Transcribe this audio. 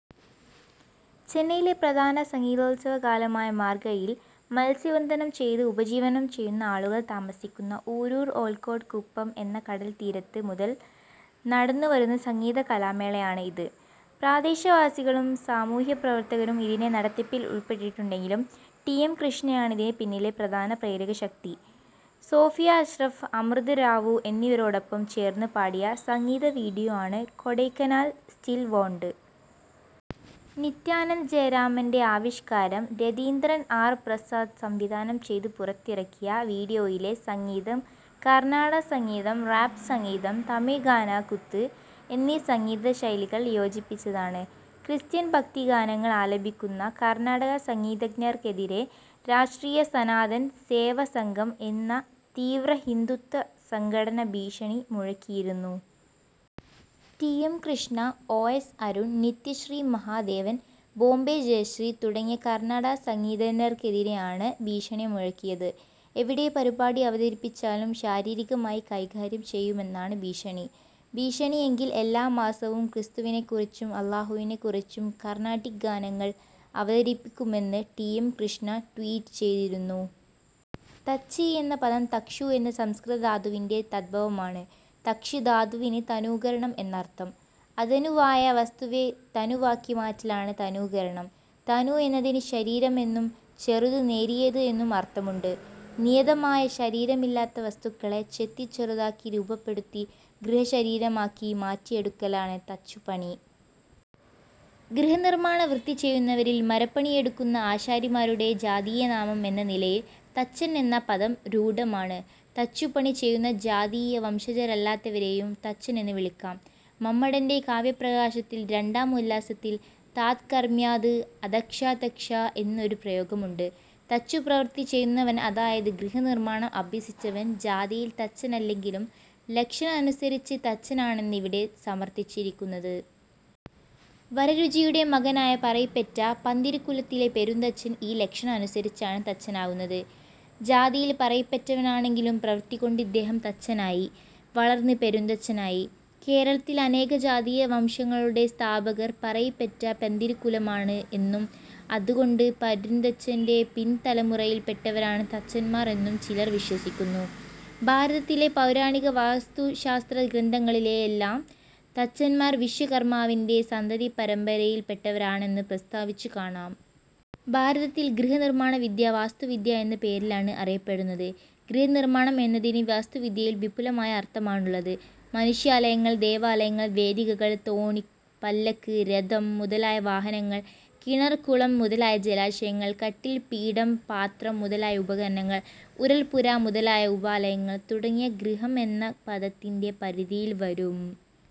ചെന്നൈയിലെ പ്രധാന സംഗീതോത്സവകാലമായ മാർഗഴിയിൽ മത്സ്യബന്ധനം ചെയ്ത് ഉപജീവനം ചെയ്യുന്ന ആളുകൾ താമസിക്കുന ഊരൂർ-ഓൽക്കോട്ട് കുപ്പം എന്ന കടൽത്തീരത്ത് മുതൽ നടന്നു വരുന്ന സംഗീത-കലാമേളയാണ് ഇത്. പ്രദേശവാസികളും സാമൂഹ്യപ്രവർത്തകരും ഇതിന്റെ നടത്തിപ്പിൽ ഉൾപ്പെട്ടിട്ടുണ്ടെങ്കിലും ടി. എം. കൃഷ്ണയാണ് ഇതിന് പിന്നിലെ പ്രധാന പ്രേരകശക്തി. സോഫിയ അഷ്റഫ്, അമൃത് റാവു എന്നിവരോടൊപ്പം ചേർന്ന് പാടിയ സംഗീത വീഡിയോ ആണ് "കൊഡൈക്കനാൽ സ്റ്റിൽ വോൻട്". നിത്യാനന്ത് ജയരാമന്റെ ആവിഷ്കാരം രതീന്ദ്രൻ ആർ പ്രസാദ് സംവിധാനം ചെയ്ത് പുറത്തിറക്കിയ വീഡിയോയിലെ സംഗീതം കർണാട സംഗീതം, റാപ് സംഗീതം, തമിഴ് ഗാന കുത്ത് എന്നീ സംഗീത ശൈലികൾ യോജിപ്പിച്ചതാണ്. ക്രിസ്ത്യൻ ഭക്തി ഗാനങ്ങൾ ആലപിക്കുന്ന കർണാടക സംഗീതജ്ഞർക്കെതിരെ രാഷ്ട്രീയ സനാതൻ സേവ സംഘം എന്ന തീവ്രഹിന്ദുത്വ സംഘടന ഭീഷണി മുഴക്കിയിരുന്നു. T. M Krishna, O. S. Arun, Nithyasree Mahadevan, Bombay Jayashri തുടങ്ങിയ കർണാടക സംഗീതഞ്ജർക്കെതിരെയാണ് ഭീഷണി മുഴക്കിയത്. എവിടെ പരിപാടി അവതരിപ്പിച്ചാലും ശാരീികമായി കൈകാര്യം ചെയ്യുമെന്നാണ് ഭീഷണി. ഭീഷണിയെങ്കിൽ, എല്ലാ മാസവും ക്രിസ്തുവിനെക്കുറിച്ചും അല്ലാഹുവിനെക്കുറിച്ചും കർണാട്ടിക്ക് ഗാനങ്ങൾ അവതരിപ്പിക്കുമെന്ന് ടി. എം കൃഷ്ണ ട്വീറ്റ് ചെയ്തിരുന്നു. തച്ച് എന്ന പദം 'തക്ഷു' എന്ന സംസ്കൃത ധാതുവിന്റെ തദ്ഭവമാണ്. തക്ഷ് ധാതുവിന് തനൂകരണം എന്നർഥം. 'അതനു'വായ വസ്തുവെ തനുവാക്കി മാറ്റലാണ് തനൂകരണം. തനു എന്നതിന് ശരീരം എന്നും ചെറുത്, നേരിയത് എന്നും അർത്ഥമുണ്ട്. നിയതമായ ശരീരമില്ലാത്ത വസ്തുക്കളെ ചെത്തി ചെറുതാക്കി രൂപപ്പെടുത്തി ഗൃഹശരീരമാക്കി മാറ്റിയെടുക്കലാണ് തച്ചുപണി. ഗൃഹനിർമ്മാണവൃത്തി ചെയ്യുന്നവരിൽ മരപ്പണിയെടുക്കുന്ന ആശാരിമാരുടെ ജാതീയനാമം എന്ന നിലയിൽ തച്ചൻ എന്ന പദം രൂഢമാണ്. തച്ചുപണി ചെയ്യുന്ന ജാതീയ വംശജരല്ലാത്തവരേയും തച്ചൻ എന്നു വിളിക്കാം. മമ്മടന്റെ കാവ്യപ്രകാശത്തിൽ രണ്ടാം ഉല്ലാസത്തിൽ 'താത്കർമ്യാത് അതക്ഷാ തക്ഷാ' എന്നൊരു പ്രയോഗമുണ്ട്. തച്ചുപ്രവൃത്തി ചെയ്യുന്നവൻ അതായത് ഗൃഹനിർമ്മാണം അഭ്യസിച്ചവൻ ജാതിയിൽ തച്ചനല്ലെങ്കിലും ലക്ഷണ അനുസരിച്ച് തച്ചനാണെന്നാണ് ഇവിടെ സമർഥിച്ചിരിക്കുന്നത്. വരരുചിയുടെ മകനായ പറയിപെറ്റ പന്തിരുകുലത്തിലെ പെരുന്തച്ചൻ ഈ ലക്ഷണ അനുസരിച്ചാണ് തച്ചനാകുന്നത്. ജാതിയിൽ പറയിപെറ്റവനാണെങ്കിലും പ്രവൃത്തികൊണ്ട് ഇദ്ദേഹം തച്ചനായി; വളർന്ന് പെരുന്തച്ചനായി. കേരളത്തിൽ അനേക ജാതീയ വംശങ്ങ ളുടെ സ്ഥാപകർ പറയിപെറ്റ പന്തിരുകുലമാണ് എന്നും അതുകൊണ്ട് പെരുന്തച്ചന്റെ പിൻതലമുറയിൽപ്പെട്ടവരാണ് തച്ചന്മാർ എന്നും ചിലർ വിശ്വസിക്കുന്നു. ഭാരതത്തിലെ പൗരാണിക വാസ്തുശാസ്ത്രഗ്രന്ഥങ്ങളിലെല്ലാം തച്ചന്മാർ വിശ്വകർമാവിന്റെ സന്തതിപരമ്പരയിൽപ്പെട്ടവരാണെന്നു പ്രസ്താവിച്ചു കാണാം. ഭാരതത്തിൽ ഗൃഹനിർമ്മാണവിദ്യ വാസ്തുവിദ്യ എന്ന പേരിലാണ് അറിയപ്പെടുന്നത്. ഗൃഹനിർമ്മാണം എന്നതിന് വാസ്തുവിദ്യയിൽ വിപുലമായ അർത്ഥമാണുള്ളത്. മനുഷ്യാലയങ്ങൾ, ദേവാലയങ്ങൾ, വേദികകൾ; തോണി, പല്ലക്ക്, രഥം മുതലായ വാഹനങ്ങൾ; കിണർ, കുളം മുതലായ ജലാശയങ്ങൾ; കട്ടിൽ, പീഠം, പാത്രം മുതലായ ഉപകരണങ്ങൾ; ഉരൽപ്പുര മുതലായ ഉപാലയങ്ങൾ തുടങ്ങിയവ ഗൃഹം എന്ന പദത്തിന്റെ പരിധിയിൽ വരും.